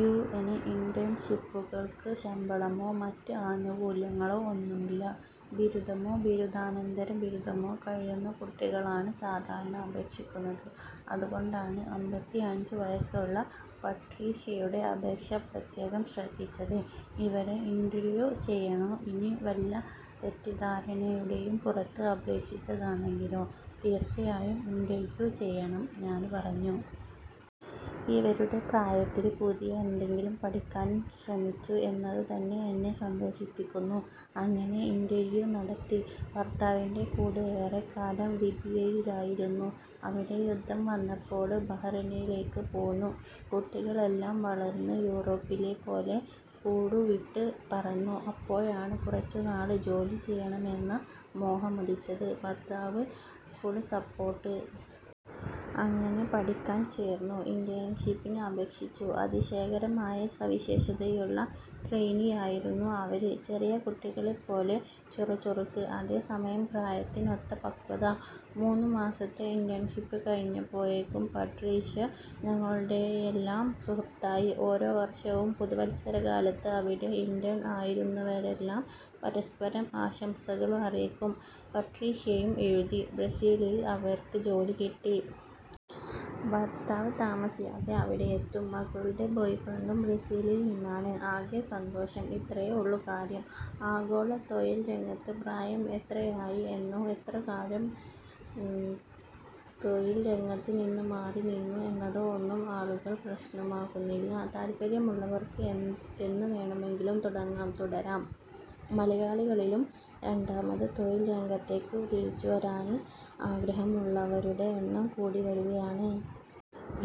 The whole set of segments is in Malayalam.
യുഎന് ഇന്റേണ്ഷിപ്പുകള്ക്ക് ശമ്പളമോ മറ്റ് ആനുകൂല്യങ്ങളോ ഒന്നുമില്ല. ബിരുദമോ ബിരുദാനന്തര ബിരുദമോ കഴിയുന്ന കുട്ടികളാണ് സാധാരണ അപേക്ഷിക്കുന്നത്. അതുകൊണ്ടാണ് അമ്പത്തിയഞ്ചു വയസ്സുള്ള പട്രീഷ്യയുടെ അപേക്ഷ പ്രത്യേകം ശ്രദ്ധിച്ചത്. 'ഇവരെ ഇന്റര്വ്യൂ ചെയ്യണോ. ഇനി വല്ല തെറ്റിദ്ധാരണയുടെയും പുറത്ത് അപേക്ഷിച്ചതാണെങ്കിലോ. ' 'തീര്ച്ചയായും ഇന്റര്വ്യൂ ചെയ്യണം'ഞാന് പറഞ്ഞു. ഇവരുടെ പ്രായത്തില് പുതിയത് എന്തെങ്കിലും പഠിക്കാന് ശ്രമിച്ചു എന്നതുതന്നെ എന്നെ സന്തോഷിപ്പിക്കുന്നു. അങ്ങനെ ഇന്റര്വ്യൂ നടത്തി. ഭര്ത്താവിന്റെ കൂടെ ഏറെക്കാലം ലിബിയയിലായിരുന്നു. അവിടെ യുദ്ധം വന്നപ്പോള് ബഹറിനിലേക്ക് പോന്നു. കുട്ടികളെല്ലാം വളര്ന്ന് യൂറോപ്പിലെ പോലെ കൂടുവിട്ട് പറന്നു. അപ്പോഴാണ് കുറച്ചുനാള് ജോലിചെയ്യണമെന്ന മോഹമുദിച്ചത്. ഭര്ത്താവ് ഫുള് സപ്പോര്ട്ട്. അങ്ങനെ പഠിക്കാന് ചേര്ന്നു, ഇന്റേണ്ഷിപ്പിന് അപേക്ഷിച്ചു. അതിശയകരമായ സവിശേഷതകളുള്ള ട്രെയിനിയായിരുന്നു അവര്. ചെറിയ കുട്ടികളെപ്പോലെ ചുറുചുറുക്ക്, അതേസമയം പ്രായത്തിനൊത്ത പക്വത. മൂന്നുമാസത്തെ ഇന്റേണ്ഷിപ്പ് കഴിഞ്ഞപ്പോഴേക്കും പട്രീഷ്യ ഞങ്ങളുടെയെല്ലാം സുഹൃത്തായി. ഓരോ വര്ഷവും പുതുവത്സരകാലത്ത് അവിടെ ഇന്റേണ് ആയിരുന്നവരെല്ലാം പരസ്പരം ആശംസകള് അറിയിക്കും. പട്രീഷ്യയും എഴുതി, ബ്രസീലില് അവര്ക്ക് ജോലി കിട്ടി. ഭര്ത്താവ് താമസിയാതെ അവിടെയെത്തും. മകളുടെ ബോയ്ഫ്രണ്ടും ബ്രസീലില് നിന്നാണ്, ആകെ സന്തോഷം. ഇത്രയേ ഉള്ളു കാര്യം. ആഗോള തൊഴില്രംഗത്ത് പ്രായം എത്രയായി എന്നോ എത്രകാലം തൊഴില്രംഗത്തു നിന്ന് മാറിനിന്നു എന്നതോ ഒന്നും ആളുകള് പ്രശ്നമാക്കുന്നില്ല. താല്പര്യമുള്ളവര്ക്ക് എന്നുവേണമെങ്കിലും തുടങ്ങാം, തുടരാം. മലയാളികളിലും രണ്ടാമത് തൊഴില് രംഗത്തേക്ക് തിരിച്ചുവരാന് ആഗ്രഹമുള്ളവരുടെ എണ്ണം കൂടിവരികയാണ്.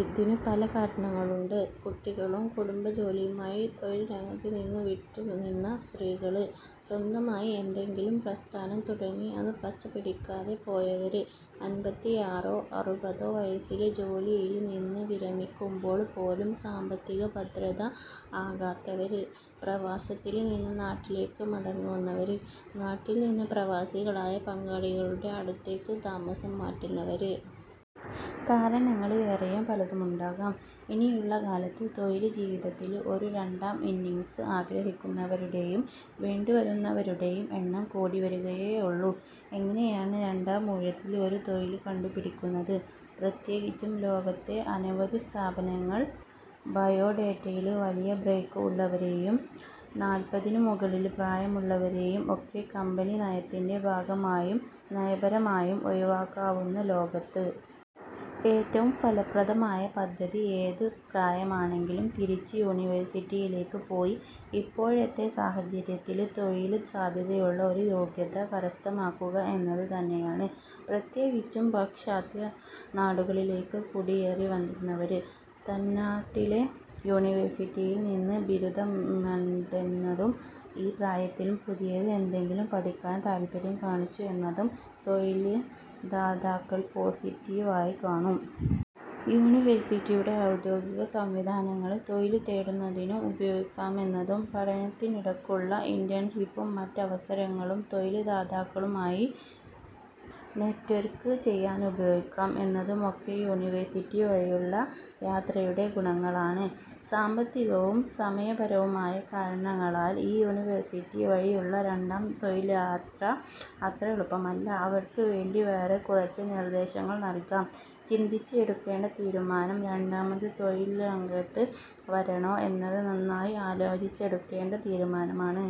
ഇതിന് പല കാരണങ്ങളുണ്ട്.. കുട്ടികളും കുടുംബജോലിയുമായി തൊഴില്രംഗത്തുനിന്ന് വിട്ടുനിന്ന സ്ത്രീകള്.. സ്വന്തമായി എന്തെങ്കിലും പ്രസ്ഥാനം തുടങ്ങി അത് പച്ചപിടിക്കാതെ പോയവര്.. അന്പത്തിയാറോ അറുപതോ വയസ്സില് ജോലിയില് നിന്ന് വിരമിക്കുമ്പോള് പോലും സാമ്പത്തികഭദ്രത ആകാത്തവര്.. പ്രവാസത്തില് നിന്ന് നാട്ടിലേക്ക് മടങ്ങുന്നവര്.. നാട്ടില് നിന്ന് പ്രവാസികളായ പങ്കാളികളുടെ അടുത്തേക്ക് താമസം മാറ്റുന്നവര്. കാരണങ്ങള് വേറെയും പലതുമുണ്ടാകാം. ഇനിയുള്ള കാലത്ത് തൊഴില്ജീവിതത്തില് ഒരു രണ്ടാം ഇന്നിംഗ്സ് ആഗ്രഹിക്കുന്നവരുടെയും വേണ്ടിവരുന്നവരുടെയും എണ്ണം കൂടിവരികയേയുള്ളു. എങ്ങനെയാണ് രണ്ടാമൂഴത്തില് ഒരു തൊഴില് കണ്ടുപിടിക്കുന്നത്. പ്രത്യേകിച്ചും ലോകത്തെ അനവധി സ്ഥാപനങ്ങള് ബയോഡേറ്റയില് വലിയ ബ്രേക്ക് ഉള്ളവരെയും, നാല്പതിനു മുകളില് പ്രായമുള്ളവരെയും ഒക്കെ കമ്പനിനയത്തിന്റെ ഭാഗമായും നയപരമായും ഒഴിവാക്കാവുന്ന ലോകത്ത്. ഏറ്റവും ഫലപ്രദമായ പദ്ധതി ഏതു പ്രായമാണെങ്കിലും തിരിച്ച് യൂണിവേഴ്സിറ്റിയിലേക്ക് പോയി ഇപ്പോഴത്തെ സാഹചര്യത്തില് തൊഴില് സാധ്യതയുള്ള ഒരു യോഗ്യത കരസ്ഥമാക്കുക എന്നത് തന്നെയാണ്. പ്രത്യേകിച്ചും പാശ്ചാത്യനാടുകളിലേക്ക് കുടിയേറുന്നവര്. തന്നാട്ടിലെ യൂണിവേഴ്സിറ്റിയില് നിന്ന് ബിരുദമെണ്ടെന്നതും ഈ പ്രായത്തിലും പുതിയത് എന്തെങ്കിലും പഠിക്കാന് താല്പര്യം കാണിച്ചു എന്നതും തൊഴില്ദാതാക്കള് പോസിറ്റിവായി കാണും. യൂണിവേഴ്സിറ്റിയുടെ ഔദ്യോഗിക സംവിധാനങ്ങള് തൊഴില് തേടുന്നതിന് ഉപയോഗിക്കാമെന്നതും, പഠനത്തിനിടക്കുള്ള ഇന്റേണ്ഷിപ്പും മറ്റവസരങ്ങളും തൊഴില്ദാതാക്കളുമായി നെറ്റ്വര്ക്ക് ചെയ്യാനുപയോഗിക്കാം എന്നതുമൊക്കെ യൂണിവേഴ്സിറ്റി വഴിയുള്ള യാത്രയുടെ ഗുണങ്ങളാണ്. സാമ്പത്തികവും സമയപരവുമായ കാരണങ്ങളാല് ഈ യൂണിവേഴ്സിറ്റി വഴിയുള്ള രണ്ടാം തൊഴില്യാത്ര അത്ര എളുപ്പമല്ല. അവര്ക്ക് വേണ്ടി വേറെ കുറച്ച് നിര്ദ്ദേശങ്ങള് നല്കാം. ചിന്തിച്ച് എടുക്കേണ്ട തീരുമാനം രണ്ടാമത് തൊഴില്രംഗത്തേക്ക് വരണോ എന്നത് നന്നായി ആലോചിച്ചെടുക്കേണ്ട തീരുമാനമാണ്.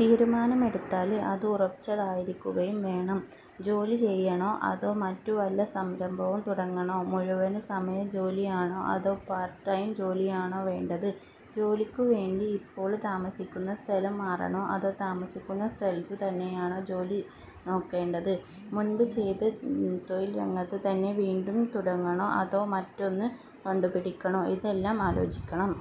തീരുമാനമെടുത്താല് അത് ഉറച്ചതായിരിക്കുകയും വേണം. ജോലി ചെയ്യണോ, അതോ മറ്റു വല്ല സംരംഭവും തുടങ്ങണോ, മുഴുവന് സമയ ജോലിയാണോ അതോ പാര്ട്ട് ടൈം ജോലിയാണോ വേണ്ടത്, ജോലിക്കു വേണ്ടി ഇപ്പോള് താമസിക്കുന്ന സ്ഥലം മാറണോ അതോ താമസിക്കുന്ന സ്ഥലത്തു തന്നെയാണോ ജോലി നോക്കേണ്ടത്, മുന്പ് ചെയ്ത തൊഴില്രംഗത്തു തന്നെ വീണ്ടും തുടങ്ങണോ, അതോ മറ്റൊന്ന് കണ്ടുപിടിക്കണോ ഇതെല്ലാം ആലോചിക്കണം.